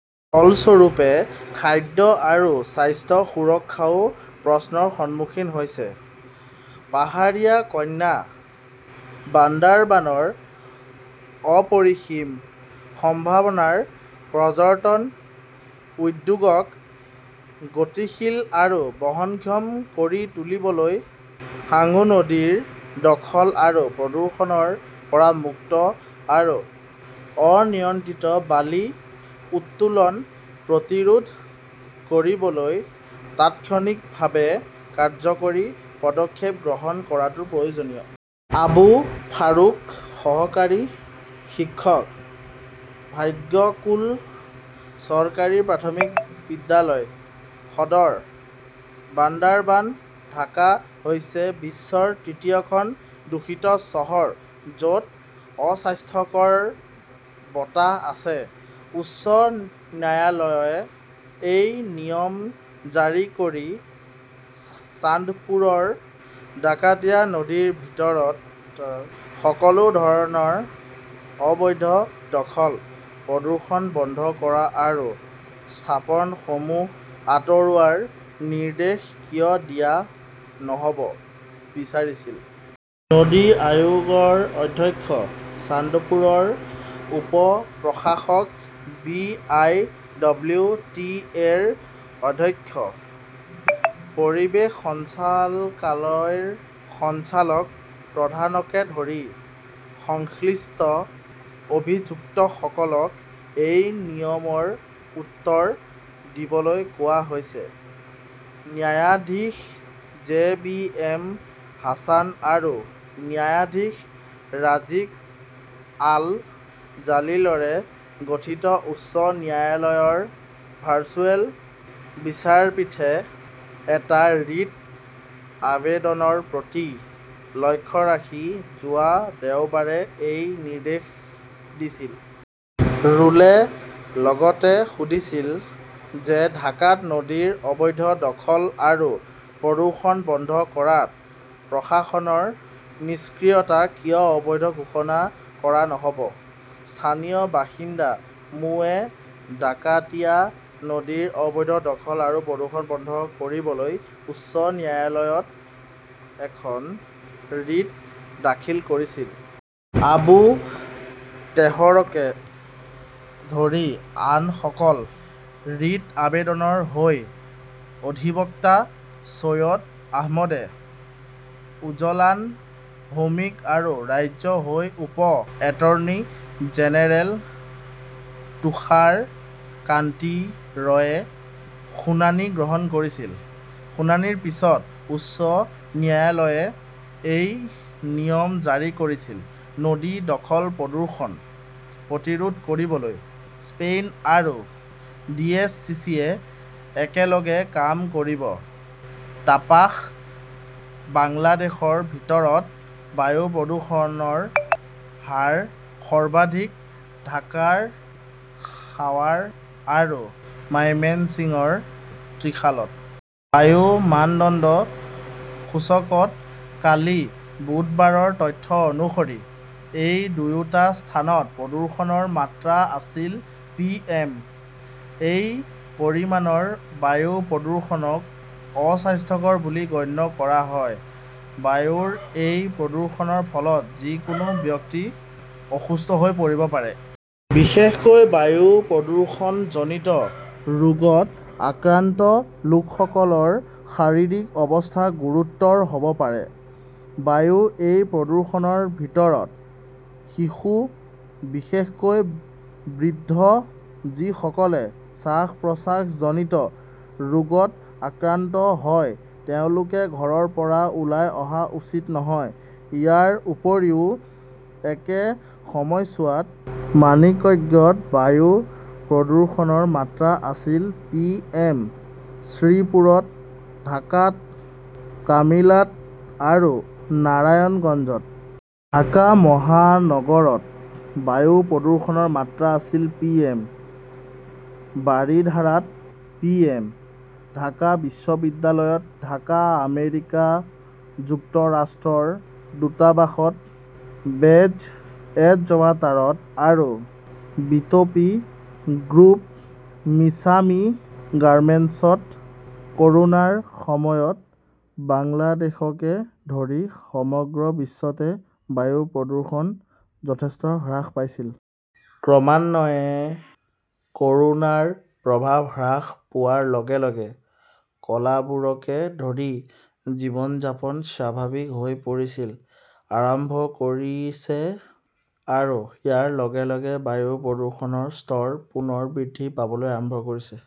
ফলস্বৰূপে, খাদ্য আৰু স্বাস্থ্য সুৰক্ষাও প্ৰশ্নৰ সন্মুখীন হৈছে। পাহাৰীয়া কন্যা বান্দাৰবানৰ অপৰিসীম সম্ভাৱনাৰ পৰ্যটন উদ্যোগক গতিশীল আৰু বহনক্ষম কৰি তুলিবলৈ সাঙ্গু নদী দখল আৰু প্ৰদূষণৰ পৰা মুক্ত আৰু অনিয়ন্ত্ৰিত বালি উত্তোলন প্ৰতিৰোধ কৰিবলৈ তাৎক্ষণিকভাৱে কাৰ্যকৰী পদক্ষেপ গ্ৰহণ কৰাটো প্ৰয়োজনীয়। আবু ফাৰুক সহকাৰী শিক্ষক, ভাগ্যকুল চৰকাৰী প্ৰাথমিক বিদ্যালয়, সদৰ, বান্দাৰবান ঢাকা হৈছে বিশ্বৰ তৃতীয়খন দূষিত চহৰ য 'ত অস্বাস্থ্যকৰ বতাহ আছে। উচ্চ ন্যায়ালয়ে এই নিয়ম জাৰি কৰি চান্দপুৰৰ ডাকাতিয়া নদীৰ ভিতৰত সকলো ধৰণৰ অবৈধ দখল, প্ৰদূষণ বন্ধ কৰা আৰু স্থাপনসমূহ আঁতৰোৱাৰ নিৰ্দেশ কিয় দিয়া নহ'ব বিচাৰিছিল। নদী আয়োগৰ অধ্যক্ষ, চান্দপুৰৰ উপ-প্ৰশাসক, B. I. W. T. A. ৰ অধ্যক্ষ, পৰিৱেশ সঞ্চালকালয়ৰ সঞ্চালক প্ৰধানকে ধৰি সংশ্লিষ্ট অভিযুক্তসকলক এই নিয়মৰ উত্তৰ দিবলৈ কোৱা হৈছে। ন্যায়াধীশ জে বি এম হাছান আৰু ন্যায়াধীশ ৰাজিক আল জালিলৰে গঠিত উচ্চ ন্যায়ালয়ৰ ভাৰ্চুৱেল বিচাৰপীঠে এটা ৰিট আবেদনৰ প্ৰতি লক্ষ্য ৰাখি যোৱা দেওবাৰে এই নিৰ্দেশ দিছিল। ৰুলে লগতে সুধিছিল যে ডাকাত নদীৰ অবৈধ দখল আৰু প্ৰদূষণ বন্ধ কৰাত প্ৰশাসনৰ নিষ্ক্ৰিয়তাক কিয় অবৈধ ঘোষণা কৰা নহ 'ব। স্থানীয় বাসিন্দা মো. এ ডাকাতিয়া নদীৰ অবৈধ দখল আৰু প্ৰদূষণ বন্ধ কৰিবলৈ উচ্চ ন্যায়ালয়ত এখন ৰিট দাখিল কৰিছিল। আবু তেহৰকে ধৰি আনসকল। ৰিট আবেদনৰ হৈ অধিবক্তা চৈয়দ আহমেদ, উজলান ভৌমিক আৰু ৰাজ্যৰ হৈ উপ এটৰ্নী জেনেৰেল তুষাৰ কান্তি ৰয়ে শুনানি গ্ৰহণ কৰিছিল। শুনানিৰ পিছত উচ্চ ন্যায়ালয়ে এই নিয়ম জাৰি কৰিছিল। নদী দখল-প্ৰদূষণ প্ৰতিৰোধ কৰিবলৈ স্পেইন আৰু ডিএছচিচিয়ে একেলগে কাম কৰিব তাপাস বাংলাদেশৰ ভিতৰত বায়ু প্ৰদূষণৰ হাৰ সৰ্বাধিক ঢাকাৰ সাৱাৰ আৰু মাইমেন্সিংৰ ত্ৰিশালত। বায়ু মানদণ্ড সূচকত কালি বুধবাৰৰ তথ্য অনুসৰি, এই দুয়োটা স্থানত প্ৰদূষণৰ মাত্ৰা আছিল পি এম। এই পৰিমাণৰ বায়ু প্ৰদূষণক অস্বাস্থ্যকৰ বুলি গণ্য কৰা হয়। বায়ুৰ এই প্ৰদূষণৰ ফলত যিকোনো ব্যক্তি অসুস্থ হৈ পৰিব পাৰে। বিশেষকৈ বায়ু প্ৰদূষণজনিত ৰোগত আক্ৰান্ত লোকসকলৰ শাৰীৰিক অৱস্থা গুৰুতৰ হ'ব পাৰে। বায়ুৰ এই প্ৰদূষণৰ ভিতৰত শিশু, বিশেষকৈ বৃদ্ধ যিসকলে শ্বাস-প্ৰশ্বাসজনিত ৰোগত আক্ৰান্ত হয় তেওঁলোকে ঘৰৰ পৰা ওলাই অহা উচিত নহয়। ইয়াৰ উপৰিও একে সময়ছোৱাত মানিকঅ্গ্য়ত বায়ু প্ৰদূষণৰ মাত্ৰা আছিল পিএম, শ্ৰীপুৰত, ঢাকাত, কামিলাত আৰু নাৰায়ণগঞ্জত। ঢাকা মহানগৰত বায়ু প্ৰদূষণৰ মাত্ৰা আছিল পিএম, বাৰিধাৰাত পিএম, ঢাকা বিশ্ববিদ্যালয়ত, ঢাকা আমেৰিকা যুক্তৰাষ্ট্ৰৰ দূতাবাসত, বে 'জ এডজৱাটাৰত আৰু বিট' পি গ্ৰুপ মিছামি গাৰ্মেণ্টছত। ক'ৰোনাৰ সময়ত বাংলাদেশকে ধৰি সমগ্ৰ বিশ্বতে বায়ু প্ৰদূষণ যথেষ্ট হ্ৰাস পাইছিল। ক্ৰমান্বয়ে ক'ৰোনাৰ প্ৰভাৱ হ্ৰাস পোৱাৰ লগে লগে কলাবোৰকে ধৰি জীৱন-যাপন স্বাভাৱিক হৈ পৰিছিল আৰম্ভ কৰিছে আৰু ইয়াৰ লগে লগে বায়ু প্ৰদূষণৰ স্তৰ পুনৰ বৃদ্ধি পাবলৈ আৰম্ভ কৰিছে।